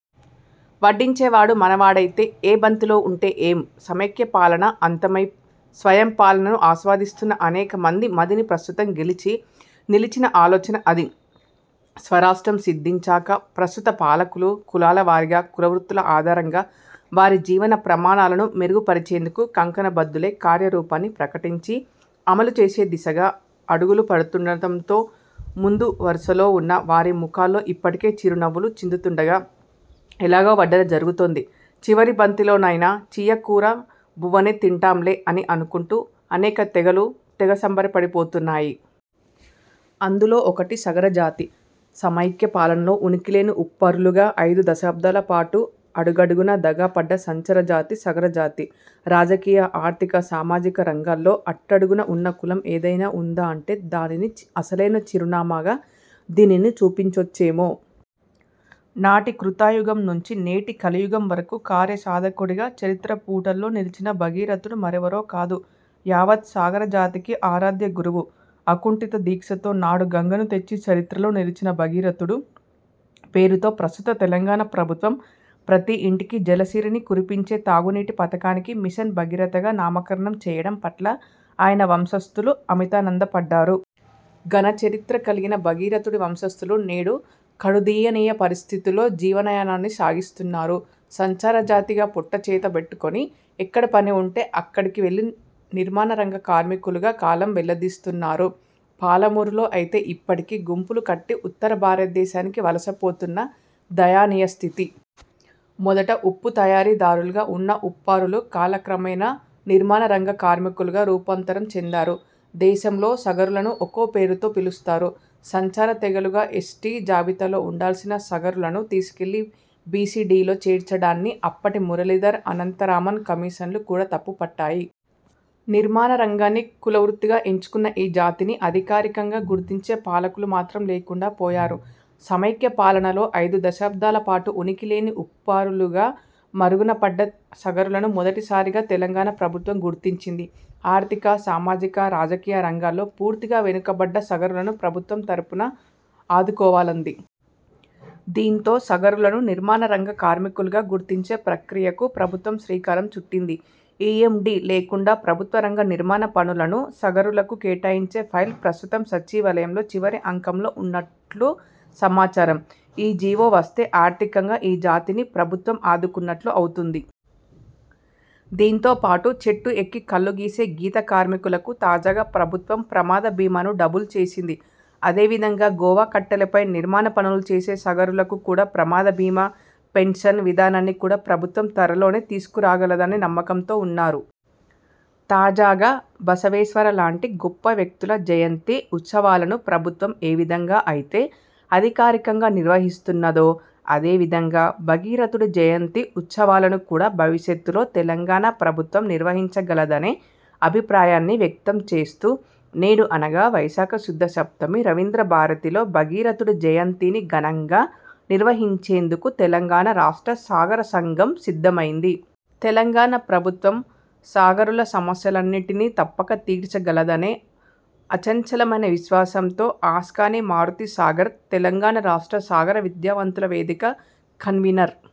వడ్డించేవాడు మనవాడైతే, ఏ బంతిలో ఉంటే ఏం? సమైక్య పాలన అంతమై స్వయం పాలనను ఆస్వాదిస్తున్న అనేక మంది మదిని ప్రస్తుతం గెలిచి, నిలిచిన ఆలోచన అది. స్వరాష్ట్రం సిద్ధించాక ప్రస్తుత పాలకులు కులాల వారీగా, కులవృత్తుల ఆధారంగా వారి జీవన ప్రమాణాలను మెరుగు పరిచేందుకు కంకణ బద్ధులై కార్యరూపాన్ని ప్రకటించి అమలుచేసే దిశగా అడుగులు పడుతుండటంతో ముందు వరుసలో ఉన్న వారి ముఖాల్లో ఇప్పటికే చిరునవ్వులు చిందుతూండగా, 'ఎలాగో వడ్డన జరుగుతోంది, చివరి బంతిలోనైనా చియ్య కూర బువ్వనే తింటాంలే' అని అనుకుంటూ అనేక తెగలు తెగ సంబరపడి పోతున్నాయి. అందులో ఒకటి సగర జాతి. సమైక్య పాలనలో ఉనికి లేని ఉప్పరులుగా ఐదు దశాబ్ధాల పాటు అడుగడుగునా దగా పడ్డ సంచార జాతి సగర జాతి. రాజకీయ, ఆర్థిక, సామాజిక రంగాల్లో అట్టడగున ఉన్న కులం ఏదైనా ఉందా అంటే దానిని అసలైన చిరునామాగా దీనిని చూపించొచ్చేమో! నాటి కృతయుగం నుంచి నేటి కలియుగం వరకు కార్యసాధకుడిగా చరిత్ర పుటల్లో నిలిచిన భగీరథుడు మరెవరో కాదు యావత్ సగర జాతికి ఆరాధ్య గురువు. అకుంఠిత దీక్షతో నాడు గంగను తెచ్చి చరిత్రలో నిలిచిన భగీరథుడి పేరుతో ప్రస్తుత తెలంగాణ ప్రభుత్వం ప్రతి ఇంటికి జలసిరిని కురిపించే తాగు నీటి పథకానికి మిషన్ భగీరథగా నామకరణం చేయడం పట్ల ఆయన వంశస్తులు అమితానందపడ్డారు. ఘన చరిత్ర కల్గిన భగీరథుడి వంశస్తులు నేడు కడుదీయనీయ పరిస్థితుల్లో జీవనయానాన్ని సాగిస్తున్నారు. సంచారజాతిగా పొట్ట చేతబట్టుకొని ఎక్కడ పని ఉంటే అక్కడికి వెళ్లి నిర్మాణ రంగ కార్మికులుగా కాలం వెళ్లదీస్తున్నారు. పాలమూరులో అయితే ఇప్పటికీ గుంపులు కట్టి ఉత్తర భారతదేశానికి వలస పోతున్న దయనీయస్థితి. మొదట ఉప్పు తయారీ దారులుగా ఉన్న ఉప్పరులు కాలక్రమేణా నిర్మాణ రంగ కార్మికులుగా రూపాంతరం చెందారు. దేశంలో సగరులను ఒక్కో పేరుతో పిలుస్తారు. సంచార తెగలుగా ఎస్టీ జాబితాలో ఉండాల్సిన సగరులను తీసుకెళ్లి బీసీ–డీలో చేర్చడాన్ని అప్పటి మురళీధర్, అనంతరామన్ కమిషన్లు కూడా తప్పు పట్టాయి. నిర్మాణ రంగాన్ని కులవృత్తిగా ఎంచుకున్న ఈ జాతిని అధికారికంగా గుర్తించే పాలకులు మాత్రం లేకుండా పోయారు. సమైక్య పాలనలో ఐదు దశాబ్దాల పాటు ఉనికి లేని ఉప్పరులుగా మరుగునపడ్డ సగరులను మొదటి సారిగా తెలంగాణ ప్రభుత్వం గుర్తించింది. ఆర్థిక, సామాజిక, రాజకీయ రంగాల్లో పూర్తిగా వెనుకబడ్డ సగరులను ప్రభుత్వం తరఫున ఆదుకోవాలంది. దీంతో సగరులను నిర్మాణ రంగ కార్మికులుగా గుర్తించే ప్రక్రియకు ప్రభుత్వం శ్రీకారం చుట్టింది. ఈ ఎం డీ లేకుండా ప్రభుత్వరంగ నిర్మాణ పనులను సగరులకు కేటాయించే ఫైల్ ప్రస్తుతం సచివాలయంలో చివరి అంకంలో ఉన్నట్లు సమాచారం. ఈ జీవో వస్తే ఆర్థికంగా ఈ జాతిని ప్రభుత్వం ఆదుకున్నట్లు అవుతుంది. దీంతో పాటు చెట్టు ఎక్కి కల్లు గీసే గీత కార్మికులకు తాజాగా ప్రభుత్వం ప్రమాద బీమాను డబుల్ చేసింది. అదే విధంగా గోవా కట్టెలపై నిర్మాణ పనులు చేసే సగరులకు కూడా ప్రమాద బీమా, పెన్షన్ విధానాన్ని కూడా ప్రభుత్వం త్వరలోనే తీసుకురాగలదనే నమ్మకంతో ఉన్నారు. తాజాగా బసవేశ్వర లాంటి గొప్ప వ్యక్తుల జయంతి ఉత్సవాలను ప్రభుత్వం ఏ విధంగా అయితే అధికారికంగా నిర్వహిస్తున్నదో అదేవిధంగా భగీరథుడి జయంతి ఉత్సవాలను కూడా భవిష్యత్తులో తెలంగాణ ప్రభుత్వం నిర్వహించగలదనే అభిప్రాయాన్ని వ్యక్తం చేస్తూ, నేడు అనగా వైశాఖ శుద్ధ సప్తమి రవీంద్ర భారతిలో భగరథుడి జయంతిని ఘనంగా నిర్వహించేందుకు తెలంగాణ రాష్ట్ర సగర సంఘం సిద్ధమైంది. తెలంగాణ ప్రభుత్వం సగరుల సమస్యలన్నింటినీ తప్పక తీర్చగలదనే అచంచలమైన విశ్వాసంతో అస్కాని మారుతీ సాగర్ తెలంగాణ రాష్ట్ర సగర విద్యావంతుల వేదిక కన్వీనర్